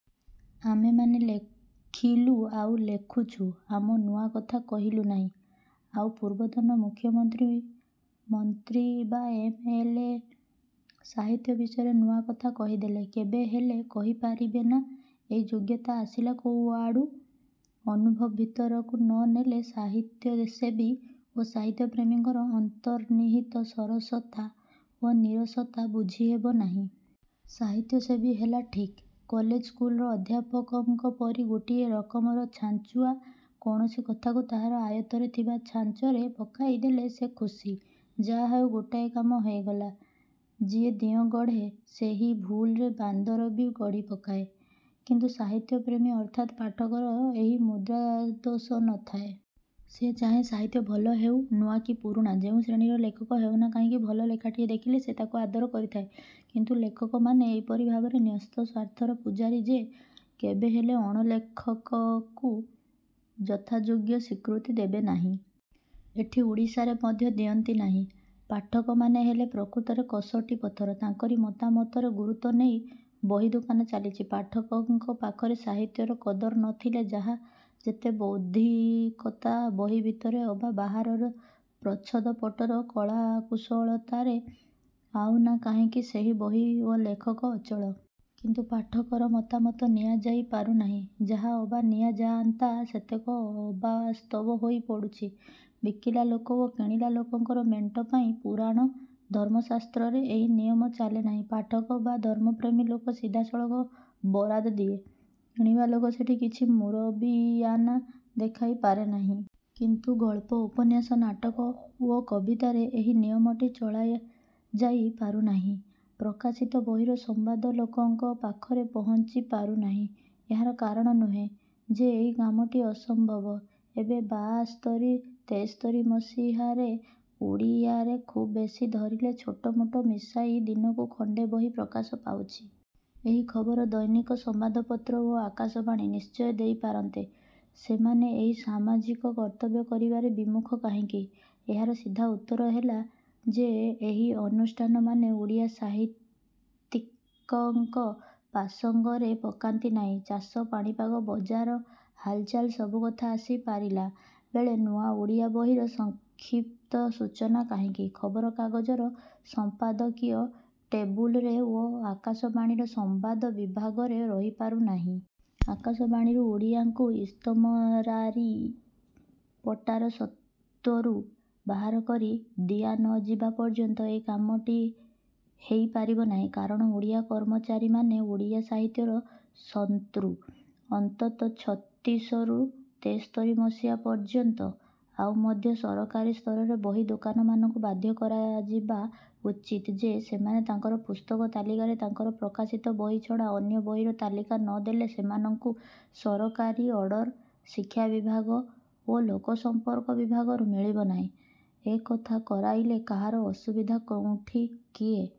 ଆମେମାନେ ଲେଖିଲୁ ଆଉ ଲେଖୁଛୁ। ଆମେ ନୂଆ କଥା କହିଲୁ ନାହିଁ। ଆଉ ପୂର୍ବତନ ମୁଖ୍ୟମନ୍ତ୍ରୀ, ମନ୍ତ୍ରୀ ବା ଏମ. ଏଲ. ଏ. ସାହିତ୍ୟ ବିଷୟରେ ନୂଆ କଥା କହିଦେଲେ? କେବେ ହେଲେ କହିପାରିବେ ନା? ଏଇ ଯୋଗ୍ୟତା ଆସିଲା କୁଆଡ଼ୁ? ଅନୁଭବ ଭିତରକୁ ନ ନେଲେ ସାହିତ୍ୟସେବୀ ଓ ସାହିତ୍ୟପ୍ରେମୀଙ୍କର ଅନ୍ତର୍ନିହିତ ସରସତା ଓ ନୀରସତା ବୁଝିହେବ ନାହିଁ। ସାହିତ୍ୟସେବୀ ହେଲା ଠିକ୍ କଲେଜ ସ୍କୁଲର ଅଧ୍ୟାପକଙ୍କ ପରି ଗୋଟାଏ ରକମର ଛାଞ୍ଚୁଆ। କୌଣସି କଥାକୁ ତାହାର ଆୟତ୍ତରେ ଥିବା ଛାଞ୍ଚରେ ପକାଇ ଦେଲେ ସେ ଖୁସି-ଯାହା ହେଉ ଗୋଟାଏ କାମ ହେଇଗଲା। ଯିଏ ଦିଅଁଗଢ଼େ ସେହି ଭୁଲରେ ବାନ୍ଦର ବି ଗଢ଼ି ପକାଏ। କିନ୍ତୁ ସାହିତ୍ୟପ୍ରେମୀ ଅର୍ଥାତ୍ ପାଠକର ଏହି ମୁଦ୍ରାଦୋଷ ନ ଥାଏ। ସେ ଚାହେଁ ସାହିତ୍ୟ ଭଲ ହେଉ। ନୂଆ କି ପୁରୁଣା ଯେଉଁ ଶ୍ରେଣୀର ଲେଖକ ହେଉ ନା କାହିଁକି ଭଲ ଲେଖାଟିଏ ଦେଖିଲେ ସେ ତାକୁ ଆଦର କରିଥାଏ। କିନ୍ତୁ ଲେଖକମାନେ ଏପରି ଭାବରେ ନ୍ୟସ୍ତ ସ୍ୱାର୍ଥର ପୂଜାରୀ ଯେ କେବେହେଲେ ଅଣଲେଖକକୁ ଯଥାଯୋଗ୍ୟ ସ୍ୱୀକୃତି ଦେବେ ନାହିଁ। ଏଠି ଓଡ଼ିଶାରେ ମଧ୍ୟ ଦିଅନ୍ତି ନାହିଁ। ପାଠକମାନେ ହେଲେ ପ୍ରକୃତରେ କଷଟି ପଥର। ତାଙ୍କରି ମତାମତରେ ଗୁରୁତ୍ୱ ନେଇ ବହିଦୋକାନ ଚାଲିଛି। ପାଠକଙ୍କ ପାଖରେ ସାହିତ୍ୟର କଦର ନ ଥିଲେ ଯାହା ଯେତେ ବୌଦ୍ଧିକତା ବହି ଭିତରେ ଅବା ବାହାରର ପ୍ରଚ୍ଛଦପଟର କଳାକୁଶଳତାରେ ଥାଉ ନା କାହିଁକି ସେହି ବହି ଓ ଲେଖକ ଅଚଳ। କିନ୍ତୁ ପାଠକର ମତାମତ ନିଆଯାଇପାରୁ ନାହିଁ। ଯାହା ଅବା ନିଆ ଯାଆନ୍ତା ସେତକ ଅବାସ୍ତବ ହେଇ ପଡ଼ୁଛି ବିକିଲା ଲୋକ ଓ କିଣିଲା ଲୋକଙ୍କର ମେଣ୍ଟପାଇଁ। ପୁରାଣ ଧର୍ମଶାସ୍ତ୍ରରେ ଏହି ନିୟମ ଚାଲେ ନାହିଁ। ପାଠକ ବା ଧର୍ମପ୍ରେମୀ ଲୋକ ସିଧାସଳଖ ବରାଦ ଦିଏ। କିଣିବା ଲୋକ ସେଠି କିଛି ମୁରବିଆନା ଦେଖାଇ ପାରେ ନାହିଁ। କିନ୍ତୁ ଗଳ୍ପ, ଉପନ୍ୟାସ, ନାଟକ ଓ କବିତାରେ ଏହି ନିୟମଟି ଚଳାଯାଇ ପାରୁନାହିଁ। ପ୍ରକାଶିତ ବହିର ସମ୍ବାଦ ଲୋକଙ୍କ ପାଖରେ ପହଞ୍ଚିପାରୁ ନାହିଁ। ଏହାର କାରଣ ନୁହେଁ ଯେ ଏଇ କାମଟି ଅସମ୍ଭବ। ଏବେ ବାଆସ୍ତରୀ ତେସ୍ତରି ମସିହାରେ ଓଡ଼ିଆରେ ଖୁବ୍ ବେଶି ଧରିଲେ ଛୋଟ ମୋଟ ମିଶାଇ ଦିନକୁ ଖଣ୍ଡେ ବହି ପ୍ରକାଶ ପାଉଛି। ଏହି ଖବର ଦୈନିକ ସମ୍ବାଦପତ୍ର ଓ ଆକାଶବାଣୀ ନିଶ୍ଚୟ ଦେଇ ପାରନ୍ତେ। ସେମାନେ ଏହି ସାମାଜିକ କର୍ତ୍ତବ୍ୟ କରିବାରେ ବିମୁଖ କାହିଁକି? ଏହାର ସିଧା ଉତ୍ତର ହେଲା ଯେ ଏହି ଅନୁଷ୍ଠାନମାନେ ଓଡ଼ିଆ ସାହିତ୍ୟିକଙ୍କୁ ପାସଙ୍ଗରେ ପକାନ୍ତି ନାହିଁ। ଚାଷ, ପାଣିପାଗ, ବଜାର ହାଲଚାଲ ସବୁ କଥା ଆସି ପାରିଲା ବେଳେ ନୂଆ ଓଡ଼ିଆ ବହିର ସଂକ୍ଷିପ୍ତ ସୂଚନା କାହିଁକି ଖବରକାଗଜର ସଂପାଦକୀୟ ଟେବୁଲରେ ଓ ଆକାଶବାଣୀର ସମ୍ବାଦ ବିଭାଗରେ ରହିପାରୁ ନାହିଁ? ଆକାଶବାଣୀରୁ ଓଡ଼ିଆଙ୍କୁ ଇସ୍ତମରାରୀ ପଟାର ସତ୍ତ୍ୱରୁ ବାହାର କରି ଦିଆନଯିବା ପର୍ଯ୍ୟନ୍ତ ଏଇ କାମଟି ହେଇ ପାରିବ ନାହିଁ। କାରଣ ଓଡ଼ିଆ କର୍ମଚାରୀମାନେ ଓଡ଼ିଆ ସାହିତ୍ୟର ଶନ୍ତ୍ରୁ-ଅନ୍ତତ ଛତିଶରୁ ତେସ୍ତରି ମସିହା ପର୍ଯ୍ୟନ୍ତ। ଆଉ ମଧ୍ୟ ସରକାରୀ ସ୍ତରରେ ବହି ଦୋକାନମାନଙ୍କୁ ବାଧ୍ୟ କରାଯିବା ଉଚିତ୍ ଯେ ସେମାନେ ତାଙ୍କର ପୁସ୍ତକ ତାଲିକାରେ ତାଙ୍କର ପ୍ରକାଶିତ ବହି ଛଡ଼ା ଅନ୍ୟ ବହିର ତାଲିକା ନ ଦେଲେ ସେମାନଙ୍କୁ ସରକାରୀ ଅର୍ଡର ଶିକ୍ଷାବିଭାଗ ଓ ଲୋକସଂପର୍କ ବିଭାଗରୁ ମିଳିବ ନାହିଁ। ଏକଥା କରାଇଲେ କାହାର ଅସୁବିଧା କେଉଁଠି-କିଏ